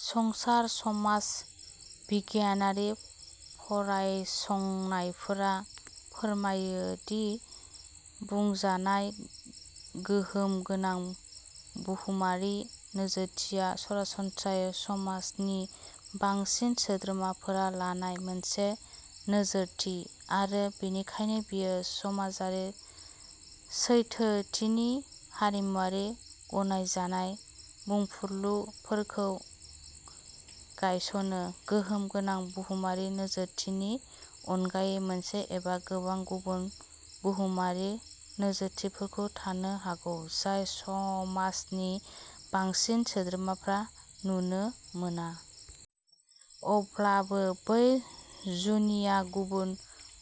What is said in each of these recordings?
संसार, समाज बिगियानारि फरायसंनायफोरा फोरमायो दि बुंजानाय गोहोम गोनां बुहुमारि नोजोरथिया सरासनस्रायै समाजनि बांसिन सोद्रोमाफोरा लानाय मोनसे नोजोरथि, आरो बेनिखायनो बेयो समाजारि सैथोथिनि हारिमुआरि गनायजानाय बुंफुरलुफोरखौ गायसनो। गोहोम गोनां बुहुमारि नोजोरथिनि अनगायै, मोनसे एबा गोबां गुबुन बुहुमारि नोजोरथिफोरबो थानो हागौ, जाय समाजनि बांसिन सोद्रोमाफोरा नुनो मोना। अब्लाबो, बै जुनिया गुबुन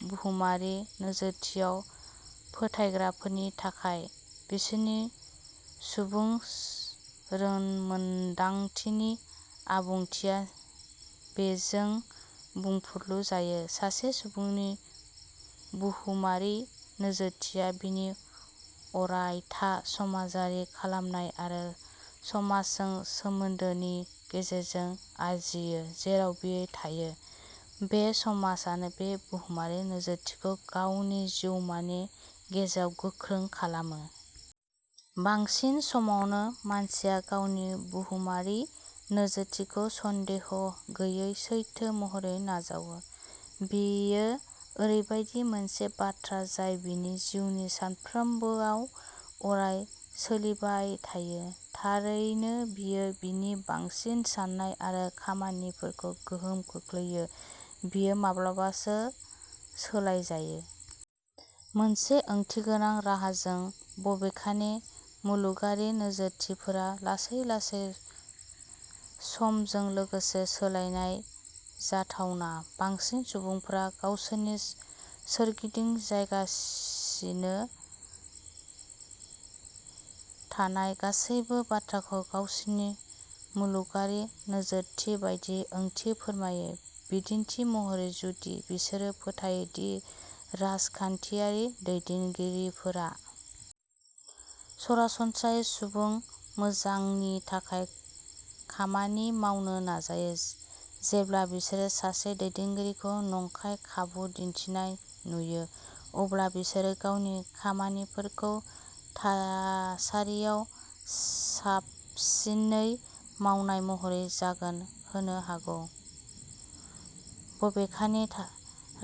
बुहुमारि नोजोरथियाव फोथायग्राफोरनि थाखाय, बिसोरनि सुबुं रोंमोन्दांथिनि आबुंथिया बेजों बुंफुरलु जायो। सासे सुबुंनि बुहुमारि नोजोरथिया बिनि अरायथा समाजआरि खालामनाय आरो समाजजों सोमोनदोनि गेजेरजों आरजियो जेराव बियो थायो। बे समाजानो बे बुहुमारि नोजोरथिखौ गावनि जिउमानि गेजेराव गोख्रों खालामो। बांसिन समावनो, मानसिया गावनि बुहुमारि नोजोरथिखौ सन्देह गैयै सैथो महरै नाजावो। बेयो ओरैबायदि मोनसे बाथ्रा जाय बिनि जिउनि सानफ्रोमबोआव अराय-सोलिबाय थायो। थारैनो, बेयो बिनि बांसिन साननाय आरो खामानिफोरखौ गोहोम खोख्लैयो। बेयो माब्लाबासो सोलायजायो। मोनसे ओंथिगोनां राहाजों। बबेखानि, मुलुगारि नोजोरथिफोरा लासै-लासै समजों लोगोसे सोलायनाया जाथावना। बांसिन सुबुंफोरा गावसोरनि सोरगिदिं जागासिनो थानाय गासैबो बाथ्राखौ गावसोरनि मुलुगारि नोजोरथि बायदियै ओंथि फोरमायो। बिदिन्थि महरै, जुदि बिसोरो फोथायो दि राजखान्थियारि दैदेनगिरिफोरा सरासनस्रायै सुबुं मोजांनि थाखाय खामानि मावनो नाजायो, जेब्ला बिसोरो सासे दैदेनगिरिखौ नंखाय आखु दिन्थिनाय नुयो, अब्ला बिसोरो गावनि खामानिफोरखौ थासारियाव साबसिनै मावनाय'महरै जाहोन होनो हागौ, बबेखानि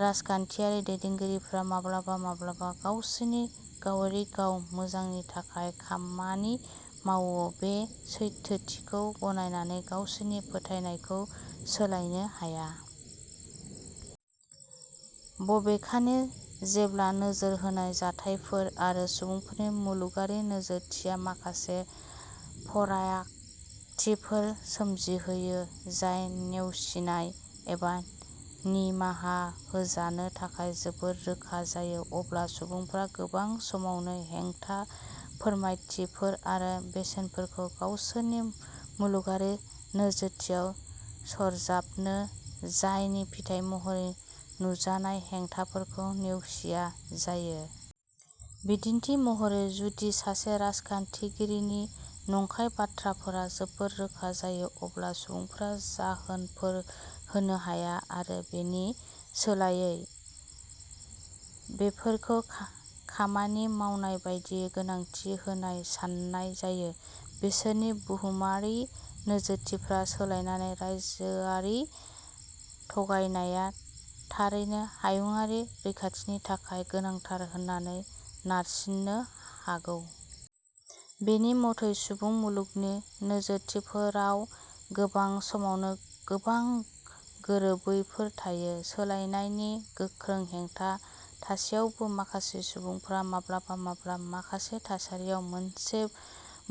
राजखान्थियारि दैदेनगिरिफोरा माब्लाबा-माब्लाबा गावसोरनि गावारि गाव मोजांनि थाखाय खामानि मावो बे सैथोथिखौ गनायनानै गावसोरनि फोथायनायखौ सोलायनो हाया। बबेखानि, जेब्ला नोजोर होनाय जाथायफोर आरो सुबुंफोरनि मुलुगारि नोजोरथिया माखासे फारागथिफोर सोमजिहोयो जाय नेवसिनाय एबा निमाहा होजानो थाखाय जोबोद रोखा जायो, अब्ला सुबुंफोरा गोबां समावनो हेंथा फोथायथिफोर आरो बेसेनफोरखौ गावसोरनि मुलुगारि नोजोरथियाव सरजाबो जायनि फिथाय महरै नुजानाय हेंथाफोरखौ नेवसिनाय जायो। बिदिन्थि महरै, जुदि सासे राजखान्थिगिरिनि नंखाय बाथ्राफोरा जोबोद रोखा जायो, अब्ला सुबुंफोरा जाहोनफोर होनो हाया आरो बेनि सोलायै। बेफोरखौ खामानि मावनाय बादियै गोनांथि होन्ना सान्नाय जायो। बिसोरनि बुहुमारि नोजोरथिफोरा सोलायनानै राइजोआरि थगायनाया थारैनो'हायुंआरि रैखाथि'नि थाखाय गोनांथार होननानै नारसिननो हागौ। बेनि मथै सुबुं मुलुगनि नोजोरथिफोराव गोबां समावनो गोबां गोरोबैफोर थायो। सोलायनायनि गोख्रों हेंथा थासेयावबो माखासे सुबुंफोरा माब्लाबा माब्लाबा माखासे थासारियाव मोनसे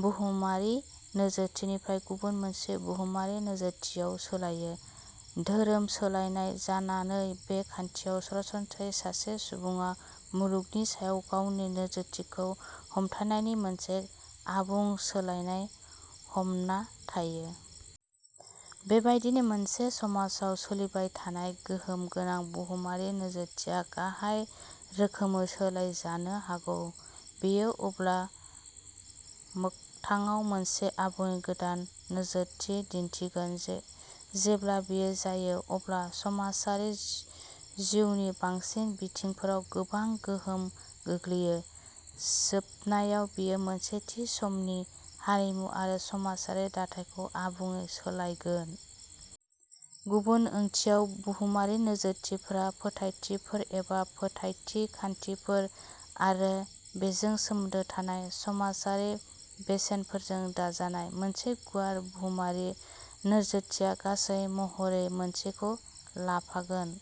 बुहुमारि नोजोरथिनिफ्राय गुबुन मोनसे बुहुमारि नोजोरथियाव सोलायो।'धोरोम सोलायनाय जानानै बे खान्थियाव सरासनस्रायै सासे सुबुङा मुलुगनि सायाव गावनि नोजोरथिफोरखौ हमथानायनि मोनसे आबुं सोलायनाय हाबना थायो। बेबायदिनो मोनसे समाजाव सोलिबाय थानाय गोहोम गोनां बुहुमारि नोजोरथिया गाहाय रोखोमै सोलायजानो हागौ। बेयो अब्ला मोगथाङाव मोनसे आबुङै गोदान नोजोरथि दिन्थिगोन। जेब्ला बेयो जायो, अब्ला समाजारि जिउनि बांसिन बिथिंफोराव गोबां गोहोम गोग्लैयो। जोबनायाव, बेयो मोनसे थि समाजनि हारिमु आरो समाजारि दाथायखौ आबुङै सोलायगोन। गुबुन ओंथियाव, बुहुमारि नोजोरथिफोरा फोथायथिफोर एबा फोथायथि खान्थिफोर आरो बेजों सोमोन्दो थानाय समाजारि बेसेनफोरजों दाजानाय। मोनसे गुवार बुहुमारि नोजोरथिया, गासै महरै मोनसेखौ लाफागोन।